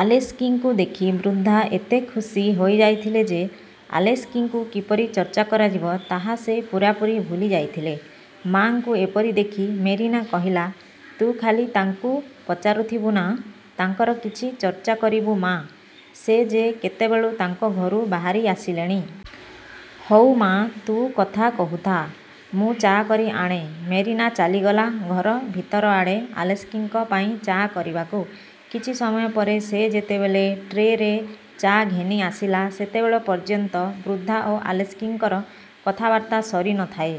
ଆଲେସ୍କିଙ୍କୁ ଦେଖି ବୃଦ୍ଧା ଏତେ ଖୁସି ହୋଇଯାଇଥିଲେ ଯେ, ଆଲେସ୍କିଙ୍କୁ କିପରି ଚର୍ଚ୍ଚା କରାଯିବ, ତାହା ସେ ପୂରାପୂରି ଭୁଲି ଯାଇଥିଲେ-। ମା'ଙ୍କୁ ଏପରି ଦେଖି ମେରିନା କହିଲା, ''ତୁ ଖାଲି ତାଙ୍କୁ ପଚାରୁଥିବୁ ନା' ତାଙ୍କର କିଛି ଚର୍ଚ୍ଚା କରିବୁ ମା! ସେ ଯେ କେତେବେଳୁ ତାଙ୍କ ଘରୁ ବାହାରି ଆସିଲେଣି। ହଉ ମା, ତୁ କଥା କହୁଥା, ମୁଁ ଚା' କରି ଆଣେ। '' ମେରିନା ଚାଲିଗଲା ଘର ଭିତରଆଡ଼େ ଆଲେସ୍କିଙ୍କ ପାଇଁ ଚା' କରିବାକୁ। କିଛି ସମୟ ପରେ ସେ ଯେତେବେଳେ ଟ୍ରେରେ ଚା' ଘେନିଆସିଲା, ସେତେବେଳ ପର୍ଯ୍ୟନ୍ତ ବୃଦ୍ଧା ଓ ଆଲେସ୍କିଙ୍କର କଥାବାର୍ତ୍ତା ସରି ନ ଥାଏ।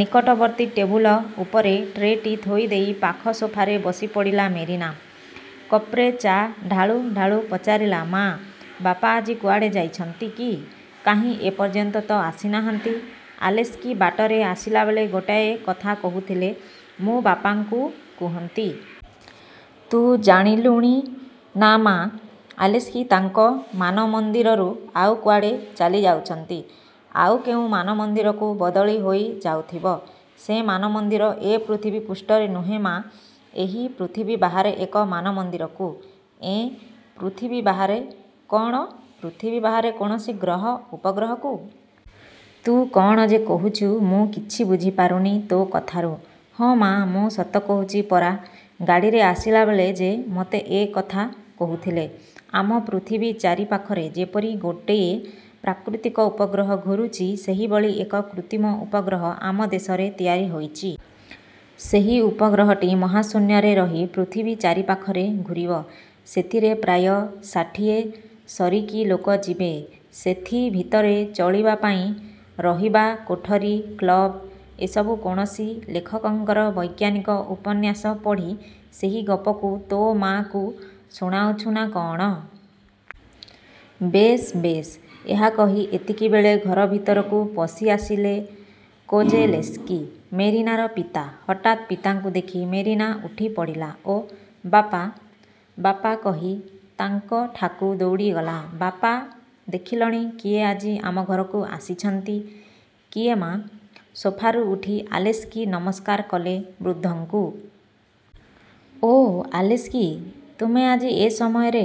ନିକଟବର୍ତ୍ତୀ ଟେବୁଲ ଉପରେ ଟ୍ରେ'ଟି ଥୋଇଦେଇ ପାଖ ସୋଫାରେ ବସିପଡ଼ିଲା ମେରିନା। କପ୍ରେ ଚା' ଢାଳୁ ଢାଳୁ ପଚାରିଲା, ''ମା, ବାପା ଆଜି କୁଆଡ଼େ ଯାଇଛନ୍ତି କି? କାହିଁ ଏପର୍ଯ୍ୟନ୍ତ ତ ଆସି ନାହାନ୍ତି। ଆଲେସ୍କି ବାଟରେ ଆସିଲାବେଳେ ଗୋଟାଏ କଥା କହୁଥିଲେ, ମୁଁ ବାପାଙ୍କୁ କୁହନ୍ତି। ତୁ ଜାଣିଲୁଣିନା ମା, ଆଲେସ୍କି ତାଙ୍କ ମାନମନ୍ଦିରରୁ ଆଉ କୁଆଡ଼େ ଚାଲିଯାଉଛନ୍ତି। '' ''ଆଉ କେଉଁ ମାନମନ୍ଦିରକୁ ବଦଳି ହୋଇ ଯାଉଥିବ। '' ''ସେ ମାନମନ୍ଦିର ଏ ପୃଥିବୀପୃଷ୍ଠରେ ନୁହେଁ ମା! ଏହି ପୃଥିବୀ ବାହାରେ ଏକ ମାନମନ୍ଦିରକୁ। '' ''ଏଁ! ପୃଥିବୀ ବାହାରେ-? କ'ଣ ପୃଥିବୀ ବାହାରେ କୌଣସି ଗ୍ରହ, ଉପଗ୍ରହକୁ-? ତୁ କଣ ଯେ କହୁଚୁ, ମୁଁ କିଛି ବୁଝିପାରୁନି ତୋ' କଥାରୁ। '' ''ହଁ ମା, ମୁଁ ସତ କହୁଚି ପରା! ଗାଡ଼ିରେ ଆସିଲାବେଳେ ସେ ମୋତେ ଏ କଥା କହୁଥିଲେ। ଆମ ପୃଥିବୀ ଚାରିପାଖରେ ଯେପରି ଗୋଟାଏ ପ୍ରାକୃତିକ ଉପଗ୍ରହ ଘୂରୁଛି, ସେହିଭଳି ଏକ କୃତ୍ରିମ ଉପଗ୍ରହ ଆମ ଦେଶରେ ତିଆରି ହେଇଚି। ସେହି ଉପଗ୍ରହଟି ମହାଶୂନ୍ୟରେ ରହି ପୃଥିବୀ ଚାରିପାଖରେ ଘୂରିବ। ସେଥିରେ ପ୍ରାୟ ଷାଠିଏ ସରିକି ଲୋକ ଯିବେ। ସେଥିଭିତରେ ଚଳିବା ପାଇଁ ରହିବା କୋଠରି, କ୍ଲବ '' ''ଏସବୁ କୌଣସି ଲେଖକଙ୍କର ବୈଜ୍ଞାନିକ ଉପନ୍ୟାସ ପଢ଼ି ସେହି ଗପକୁ ତୋ ମା'କୁ ଶୁଣାଉଛୁ ନା କଅଣ? ବେଶ୍ ବେଶ୍-'' ଏହା କହି ଏତିକିବେଳେ ଘର ଭିତରକୁ ପଶିଆସିଲେ କୋଜେଲେସ୍କି, ମେରିନାର ପିତା। ହଠାତ୍ ପିତାଙ୍କୁ ଦେଖି ମେରିନା ଉଠିପଡ଼ିଲା ଓ ବାପା, ବାପା କହି ତାଙ୍କଠାକୁ ଦୌଡ଼ିଗଲା-। ''ବାପା ଦେଖିଲଣି, କିଏ ଆଜି ଆମ ଘରକୁ ଆସିଛନ୍ତି। '' ''କିଏ, ମା? '' ସୋଫାରୁ ଉଠି ଆଲେସ୍କି ନମସ୍କାର କଲେ ବୃଦ୍ଧଙ୍କୁ! ''ଓଃ ଆଲେସ୍କି! ତୁମେ ଆଜି ଏ ସମୟରେ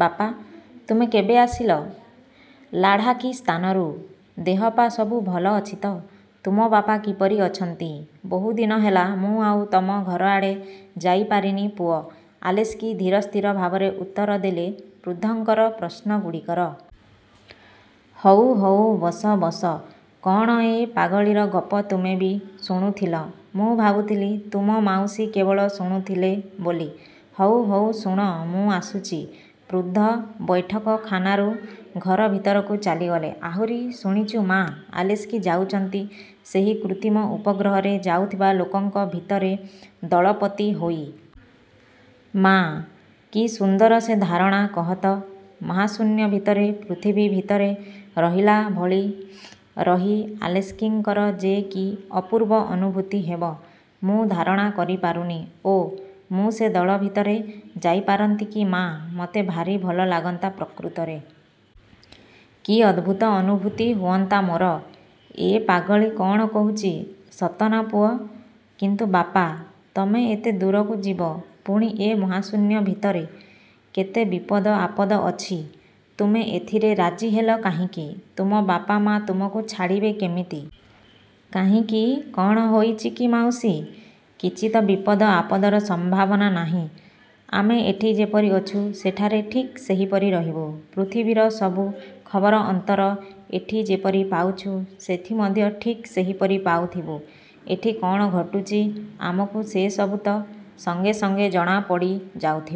ବାପା! ତୁମେ କେବେ ଆସିଲ ଲାଢ଼ାକିସ୍ଥାନରୁ? ଦେହପା, ସବୁ ଭଲ ଅଛି ତ? ତୁମ ବାପା କିପରି ଅଛନ୍ତି? ବହୁଦିନ ହେଲା ମୁଁ ଆଉ ତମ ଘରଆଡ଼େ ଯାଇପାରିନି ପୁଅ! '' ଆଲେସ୍କି ଧୀର ସ୍ଥିର ଭାବରେ ଉତ୍ତର ଦେଲେ ବୃଦ୍ଧଙ୍କର ପ୍ରଶ୍ନଗୁଡ଼ିକର। ''ହଉ ହଉ, ବସ ବସ! କ'ଣ ଏ ପାଗଳୀର ଗପ ତୁମେ ବି ଶୁଣୁଥିଲ? ମୁଁ ଭାବୁଥିଲି ତୁମ ମାଉସୀ କେବଳ ଶୁଣୁଥିଲେ ବୋଲି। ହଉ ହଉ ଶୁଣ, ମୁଁ ଆସୁଛି। '' ବୃଦ୍ଧ ବୈଠକଖାନାରୁ ଘର। ଭିତରକୁ ଚାଲିଗଲେ। ''ଆହୁରି ଶୁଣିଛୁ ମା, ଆଲେସ୍କି ଯାଉଛନ୍ତି ସେହି କୃତ୍ରିମ ଉପଗ୍ରହରେ ଯାଉଥିବା ଲୋକଙ୍କ ଭିତରେ ଦଳପତି ହୋଇ। ମା, କି ସୁନ୍ଦର ସେ ଧାରଣା କହତ? ମହାଶୂନ୍ୟ ଭିତରେ, ପୃଥିବୀ ଭିତରେ ରହିଲା ଭଳି ରହି ଆଲେସ୍କିଙ୍କର ଯେ କି ଅପୂର୍ବ ଅନୁଭୂତି ହେବ, ମୁଁ ଧାରଣା କରିପାରୁନି। ଓଃ, ମୁଁ ସେ ଦଳ ଭିତରେ ଯାଇପାରନ୍ତି କି ମା! ମୋତେ ଭାରି ଭଲ ଲାଗନ୍ତା ପ୍ରକୃତରେ। କି ଅଦ୍ଭୁତ ଅନୁଭୂତି ହୁଅନ୍ତା ମୋର! '' ''ଏ ପାଗଳୀ କଣ କହୁଛି, ସତ ନା ପୁଅ? କିନ୍ତୁ ବାପା, ତମେ ଏତେ ଦୂରକୁ ଯିବ, ପୁଣି ଏ ମହାଶୂନ୍ୟ ଭିତରେ! କେତେ ବିପଦ-ଆପଦ ଅଛି। ତୁମେ ଏଥିରେ ରାଜି ହେଲ କାହିଁକି? ତୁମ ବାପା ମା ତୁମକୁ ଛାଡ଼ିବେ କେମିତି? '' ''କାହିଁକି, କ'ଣ ହୋଇଛି କି ମାଉସୀ? କିଛି ତ ବିପଦ-ଆପଦର ସମ୍ଭାବନା ନାହିଁ। ଆମେ ଏଠି ଯେପରି ଅଛୁଁ, ସେଠାରେ ଠିକ୍ ସେହିପରି ରହିବୁ। ପୃଥିବୀର ସବୁ ଖବରଅନ୍ତର ଏଠି ଯେପରି ପାଉଛୁ, ସେଠି ମଧ୍ୟ ଠିକ୍ ସେହିପରି ପାଉଥିବୁ। ଏଠି କ'ଣ ଘଟୁଛି ଆମକୁ ସେ ସବୁ ତ ସଙ୍ଗେ ସଙ୍ଗେ ଜଣାପଡ଼ିଯାଉଥିବ।